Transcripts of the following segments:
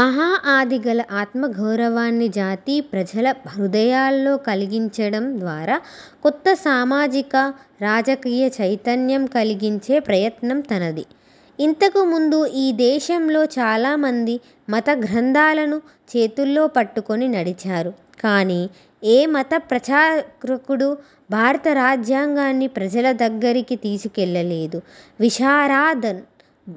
మహాఆదిగల ఆత్మగౌరవాన్ని జాతి ప్రజల హృదయాల్లో కలిగించటం ద్వారా కొత్త సామాజిక, రాజకీయ చైతన్యం కలిగించే ప్రయత్నం తనది. ఇంతకు ముందు ఈ దేశంలో చాలామంది మతగ్రంథాలను చేతుల్లో పట్టుకొని నడిచారు. కానీ, ఏ మత ప్రచారకుడూ భారత రాజ్యాంగాన్ని ప్రజల దగ్గరికి తీసుకెళ్లలేదు. విశారదన్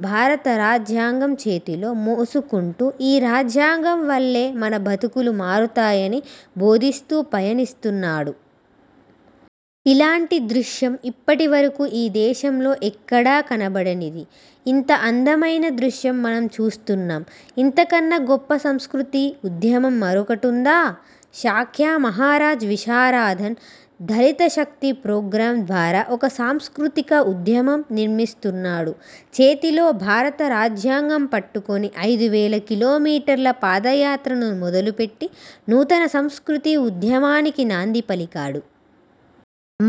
'భారత రాజ్యాంగం' చేతిలో మోసుకుంటూ, ఈ రాజ్యాంగం వల్లే మన బతుకులు మారుతాయని బోధిస్తూ పయనిస్తున్నాడు. ఇలాంటి దృశ్యం ఇప్పటి వరకూ ఈ దేశంలో ఎక్కడా కనపడనిది. ఇంత అందమైన దృశ్యం మనం చూస్తున్నాం. ఇంతకన్నా గొప్ప సంస్కృతీ ఉద్యమం మరొకటుందా? శాక్య మహారాజ్ విశారదన్ 'దళితశక్తి ప్రోగ్రాం' ద్వారా ఒక సాంస్కృతిక ఉద్యమం నిర్మిస్తున్నాడు. చేతిలో 'భారత రాజ్యాంగం' పట్టుకొని ఐదువేల కిలోమీటర్ల పాదయాత్రను మొదలుపెట్టి, నూతన సంస్కృతీ ఉద్యమానికి నాందీ పలికాడు.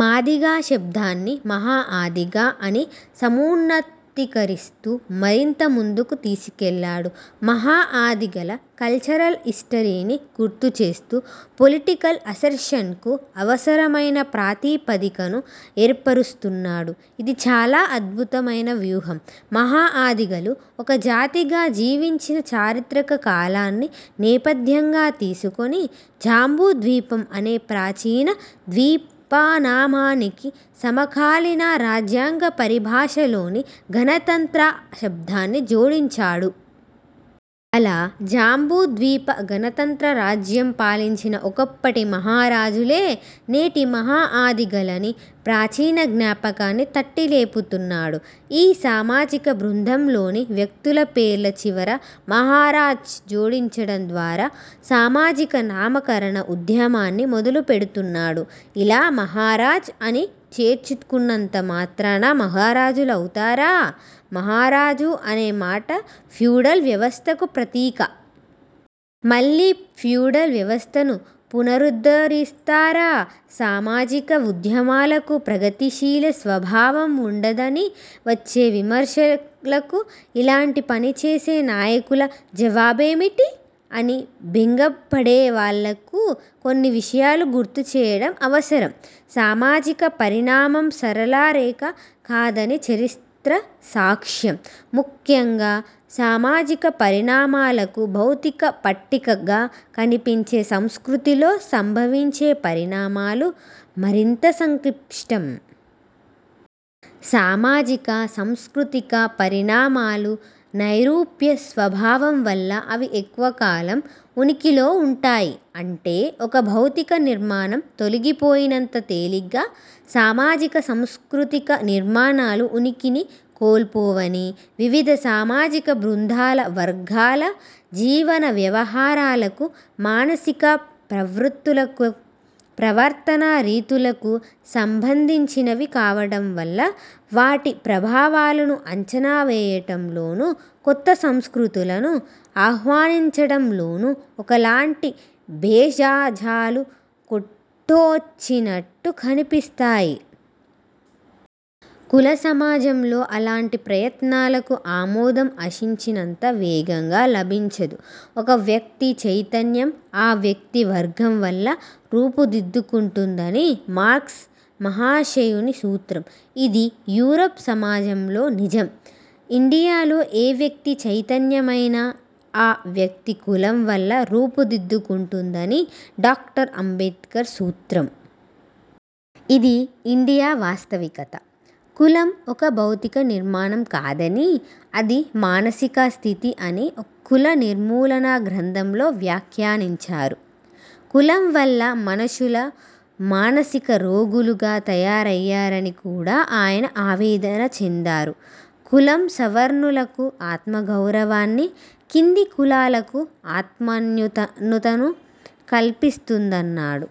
'మాదిగ' శబ్దాన్ని 'మహాఆదిగ' అని సమున్నతీకరిస్తూ మరింత ముందుకు తీసుకెళ్లాడు. మహాఆదిగల కల్చ రల్ హిస్టరీని గుర్తుచేస్తూ, పొలిటికల్ అసెర్షన్కు అవసరమైన ప్రాతిపదికను ఏర్పరుస్తున్నాడు. ఇది చాలా అద్భుతమైన వ్యూహం. మహాఆదిగలు – ఒక జాతిగా జీవించిన చారిత్రక కాలాన్ని నేపథ్యంగా తీసుకొని, 'జంబూద్వీపం' అనే ప్రాచీన ద్వీపనామానికి సమకాలీన రాజ్యాంగ పరిభాషలోని 'గణతంత్ర' శబ్దాన్ని జోడించాడు. అలా 'జంబూద్వీప గణతంత్ర రాజ్యం' పాలించిన ఒకప్పటి 'మహారాజు'లే నేటి మహాఆదిగలని ప్రాచీన జ్ఞాపకాన్ని తట్టిలేపుతున్నాడు. ఈ సామాజిక బృందంలోని వ్యక్తుల పేర్ల చివర 'మహారాజ్' జోడించటం ద్వారా సామాజిక నామకరణ ఉద్యమాన్ని మొదలుపెడుతున్నాడు. ఇలా మహారాజ్ అని చేర్చుకున్నంత మాత్రాన మహారాజులవుతారా? మహారాజు అనే మాట ఫ్యూడల్ వ్యవస్థకు ప్రతీక. మళ్ళీ ఫ్యూడల్ వ్యవస్థను పునరుద్ధరిస్తారా? సామాజిక ఉద్యమాలకు ప్రగతిశీల స్వభావం వుండదని వచ్చే విమర్శలకు ఇలాంటి పనిచేసే నాయకుల జవాబేమిటి? అని బెంగపడేవాళ్లకు కొన్ని విషయాలు గుర్తుచేయటం అవసరం. సామాజిక పరిణామం సరళ రేఖ కాదని చరిత్ర సాక్ష్యం. ముఖ్యంగా సామాజిక పరిణామాలకు భౌతిక పట్టికగా కనిపించే సంస్కృతిలో సంభవించే పరిణామాలు మరింత సంక్లిష్టం. సామాజిక, సాంస్కృతిక పరిణామాలు నైరూప్య స్వభావం వల్ల అవి ఎక్కువ కాలం ఉనికిలో వుంటాయి. అంటే, ఒక భౌతిక నిర్మాణం తొలగిపోయినంత తేలిగ్గా, సామాజిక సాంస్కృతిక నిర్మాణాలు ఉనికిని కోల్పోవని. వివిధ సామాజిక బృందాల, వర్గాల జీవన వ్యవహారాలకూ, మానసిక ప్రవృత్తులకూ, ప్రవర్తనా రీతులకూ సంబంధించినవి కావటం వల్ల వాటి ప్రభావాలను అంచనా వేయటంలోనూ కొత్త సంస్కృతులను ఆహ్వానించటంలోనూ ఒకలాంటి బేషజాలు కొట్టొచ్చినట్టు కనిపిస్తాయి. కుల సమాజంలో అలాంటి ప్రయత్నాలకు ఆమోదం ఆశించినంత వేగంగా లభించదు. ఒక వ్యక్తి చైతన్యం ఆ వ్యక్తి వర్గం వల్ల రూపుదిద్దుకుంటుందని మార్క్స్ మహాశయుని సూత్రం. ఇది యూరప్ సమాజంలో నిజం. ఇండియాలో ఏ వ్యక్తి చైతన్యమైనా, ఆ వ్యక్తి కులం వల్ల రూపుదిద్దుకుంటుందని డాక్టర్ అంబేడ్కర్ సూత్రం. ఇది ఇండియా వాస్తవికత. కులం ఒక భౌతిక నిర్మాణం కాదనీ, అది మానసిక స్థితి అని 'కుల నిర్మూలన' గ్రంథంలో వ్యాఖ్యానించారు. కులం వల్ల మనుషులు మానసిక రోగులుగా తయారయ్యారని కూడా ఆయన ఆవేదన చెందారు. కులం సవర్ణులకు ఆత్మగౌరవాన్నీ, కింది కులాలకు ఆత్మన్యూనతను కల్పిస్తుందన్నాడు.